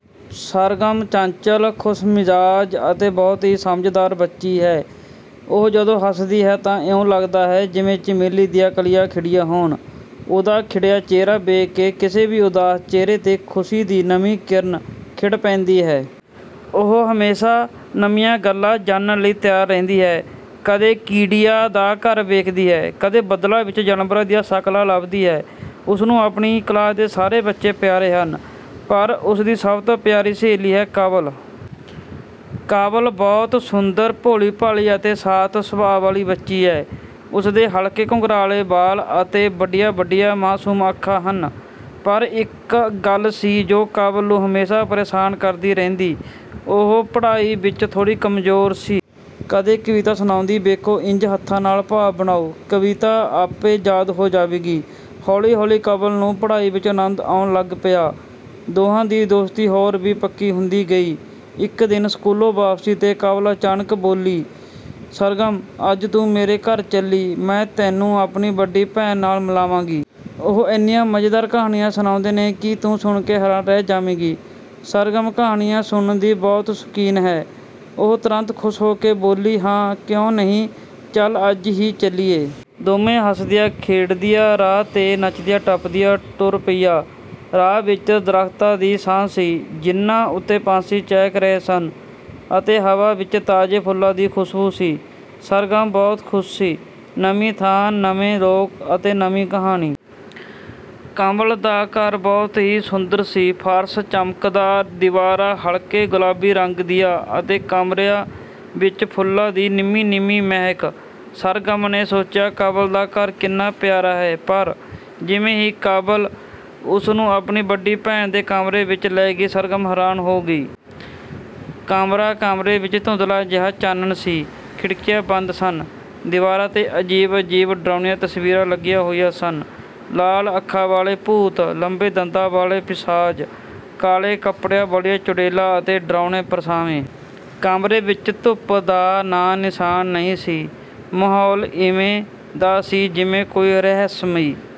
ਸਰਗਮ ਚੰਚਲ, ਖੁਸ਼ਮਿਜਾਜ਼ ਅਤੇ ਬਹੁਤ ਹੀ ਸਮਝਦਾਰ ਬੱਚੀ ਹੈ। ਉਹ ਜਦੋਂ ਹਸਦੀ ਹੈ ਤਾਂ ਇਉਂ ਲਗਦਾ ਹੈ ਜਿਵੇਂ ਚਮੇਲੀ ਦੀਆਂ ਕਲੀਆਂ ਖਿੜੀਆਂ ਹੋਣ। ਉਹਦਾ ਖਿੜਿਆ ਚਿਹਰਾ ਵੇਖ ਕੇ ਕਿਸੇ ਵੀ ਉਦਾਸ ਚਿਹਰੇ 'ਤੇ ਖੁਸ਼ੀ ਦੀ ਨਵੀਂ ਕਿਰਨ ਖਿੜ ਪੈਂਦੀ ਹੈ। ਉਹ ਹਮੇਸ਼ਾਂ ਨਵੀਆਂ ਗੱਲਾਂ ਜਾਣਨ ਲਈ ਤਿਆਰ ਰਹਿੰਦੀ ਹੈ। ਕਦੇ ਕੀੜੀਆਂ ਦਾ ਘਰ ਵੇਖਦੀ ਹੈ, ਕਦੇ ਬੱਦਲਾਂ ਵਿੱਚ ਜਾਨਵਰਾਂ ਦੀਆਂ ਸ਼ਕਲਾਂ ਲੱਭਦੀ ਹੈ। ਉਸਨੂੰ ਆਪਣੀ ਕਲਾਸ ਦੇ ਸਾਰੇ ਬੱਚੇ ਪਿਆਰੇ ਹਨ, ਪਰ ਉਸਦੀ ਸਭ ਤੋਂ ਪਿਆਰੀ ਸਹੇਲੀ ਹੈ, ਕੰਵਲ। ਕੰਵਲ ਬਹੁਤ ਸੁੰਦਰ, ਭੋਲ਼ੀ-ਭਾਲ਼ੀ ਅਤੇ ਸ਼ਾਂਤ ਸੁਭਾਅ ਵਾਲ਼ੀ ਬੱਚੀ ਹੈ। ਉਸਦੇ ਹਲਕੇ ਘੁੰਘਰਾਲ਼ੇ ਵਾਲ਼ ਅਤੇ ਵੱਡੀਆਂ-ਵੱਡੀਆਂ ਮਾਸੂਮ ਅੱਖਾਂ ਹਨ। ਪਰ ਇੱਕ ਗੱਲ ਸੀ ਜੋ ਕੰਵਲ ਨੂੰ ਹਮੇਸ਼ਾਂ ਪਰੇਸ਼ਾਨ ਕਰਦੀ ਰਹਿੰਦੀ, ਉਹ ਪੜ੍ਹਾਈ ਵਿੱਚ ਥੋੜ੍ਹੀ ਕਮਜ਼ੋਰ ਸੀ। ਕਦੇ ਕਵਿਤਾ ਸੁਣਾਉਂਦੀ "ਵੇਖੋ, ਇੰਞ ਹੱਥਾਂ ਨਾਲ਼ ਭਾਵ ਬਣਾਓ, ਕਵਿਤਾ ਆਪੇ ਹੀ ਯਾਦ ਹੋ ਜਾਵੇਗੀ।" ਹੌਲ਼ੀ-ਹੌਲ਼ੀ ਕੰਵਲ ਨੂੰ ਪੜ੍ਹਾਈ ਵਿੱਚ ਅਨੰਦ ਆਉਣ ਲੱਗ ਪਿਆ। ਦੋਹਾਂ ਦੀ ਦੋਸਤੀ ਹੋਰ ਵੀ ਪੱਕੀ ਹੁੰਦੀ ਗਈ। ਇੱਕ ਦਿਨ ਸਕੂਲੋਂ ਵਾਪਸੀ 'ਤੇ ਕੰਵਲ ਅਚਾਨਕ ਬੋਲੀ, "ਸਰਗਮ, ਅੱਜ ਤੂੰ ਮੇਰੇ ਘਰ ਚੱਲੀਂ, ਮੈਂ ਤੈਨੂੰ ਆਪਣੀ ਵੱਡੀ ਭੈਣ ਨਾਲ਼ ਮਿਲਾਵਾਂਗੀ। ਉਹ ਐਨੀਆਂ ਮਜ਼ੇਦਾਰ ਕਹਾਣੀਆਂ ਸੁਣਾਉਂਦੇ ਨੇ ਕਿ ਤੂੰ ਸੁਣ ਕੇ ਹੈਰਾਨ ਰਹਿ ਜਾਵੇਂਗੀ। " ਸਰਗਮ ਕਹਾਣੀਆਂ ਸੁਣਨ ਦੀ ਬਹੁਤ ਸ਼ੌਕੀਨ ਹੈ। ਉਹ ਤੁਰੰਤ ਖੁਸ਼ ਹੋ ਕੇ ਬੋਲੀ, "ਹਾਂ, ਕਿਉਂ ਨਹੀਂ, ਚੱਲ ਅੱਜ ਹੀ ਚੱਲੀਏ।" ਦੋਵੇਂ ਹੱਸਦੀਆਂ-ਖੇਡਦੀਆਂ ਰਾਹ 'ਤੇ ਨਚਦੀਆਂ-ਟੱਪਦੀਆਂ ਟੁਰ ਪਈਆਂ। ਰਾਹ ਵਿੱਚ ਦਰੱਖਤਾਂ ਦੀ ਛਾਂ ਸੀ, ਜਿਨ੍ਹਾਂ ਉੱਤੇ ਪੰਛੀ ਚਹਿਕ ਰਹੇ ਸਨ ਅਤੇ ਹਵਾ ਵਿੱਚ ਤਾਜ਼ੇ ਫੁੱਲਾਂ ਦੀ ਖੁਸ਼ਬੂ ਸੀ। ਸਰਗਮ ਬਹੁਤ ਖ਼ੁਸ਼ ਸੀ ਨਵੀਂ ਥਾਂ, ਨਵੇਂ ਲੋਕ ਅਤੇ ਨਵੀਂ ਕਹਾਣੀ। ਕੰਵਲ ਦਾ ਘਰ ਬਹੁਤ ਹੀ ਸੁੰਦਰ ਸੀ ਫਰਸ਼ ਚਮਕਦਾਰ, ਦੀਵਾਰਾਂ ਹਲਕੇ ਗੁਲਾਬੀ ਰੰਗ ਦੀਆਂ ਅਤੇ ਕਮਰਿਆਂ ਵਿੱਚ ਫੁੱਲਾਂ ਦੀ ਨਿੰਮ੍ਹੀ-ਨਿੰਮ੍ਹੀ ਮਹਿਕ। ਸਰਗਮ ਨੇ ਸੋਚਿਆ, "ਕੰਵਲ ਦਾ ਘਰ ਕਿੰਨਾ ਪਿਆਰਾ ਹੈ।" ਪਰ ਜਿਵੇਂ ਹੀ ਕੰਵਲ ਉਸਨੂੰ ਆਪਣੀ ਵੱਡੀ ਭੈਣ ਦੇ ਕਮਰੇ ਵਿੱਚ ਲੈ ਗਈ, ਸਰਗਮ ਹੈਰਾਨ ਹੋ ਗਈ। ਕਮਰਾ ਕਮਰੇ ਵਿੱਚ ਧੁੰਦਲਾ ਜਿਹਾ ਚਾਨਣ ਸੀ। ਖਿੜਕੀਆਂ ਬੰਦ ਸਨ। ਦੀਵਾਰਾਂ 'ਤੇ ਅਜੀਬ-ਅਜੀਬ, ਡਰਾਉਣੀਆਂ ਤਸਵੀਰਾਂ ਲੱਗੀਆਂ ਹੋਈਆਂ ਸਨ। ਲਾਲ ਅੱਖਾਂ ਵਾਲੇ ਭੂਤ, ਲੰਮੇ ਦੰਦਾਂ ਵਾਲ਼ੇ ਪਿਸ਼ਾਚ, ਕਾਲ਼ੇ ਕੱਪੜਿਆਂ ਵਾਲ਼ੀਆਂ ਚੁੜੇਲਾਂ ਅਤੇ ਡਰਾਉਣੇ ਪਰਛਾਵੇਂ। ਕਮਰੇ ਵਿੱਚ ਧੁੱਪ ਦਾ ਨਾਂ-ਨਿਸ਼ਾਨ ਨਹੀਂ ਸੀ। ਮਾਹੌਲ ਇਵੇਂ ਦਾ ਸੀ ਜਿਵੇਂ ਕੋਈ ਰਹੱਸਮਈ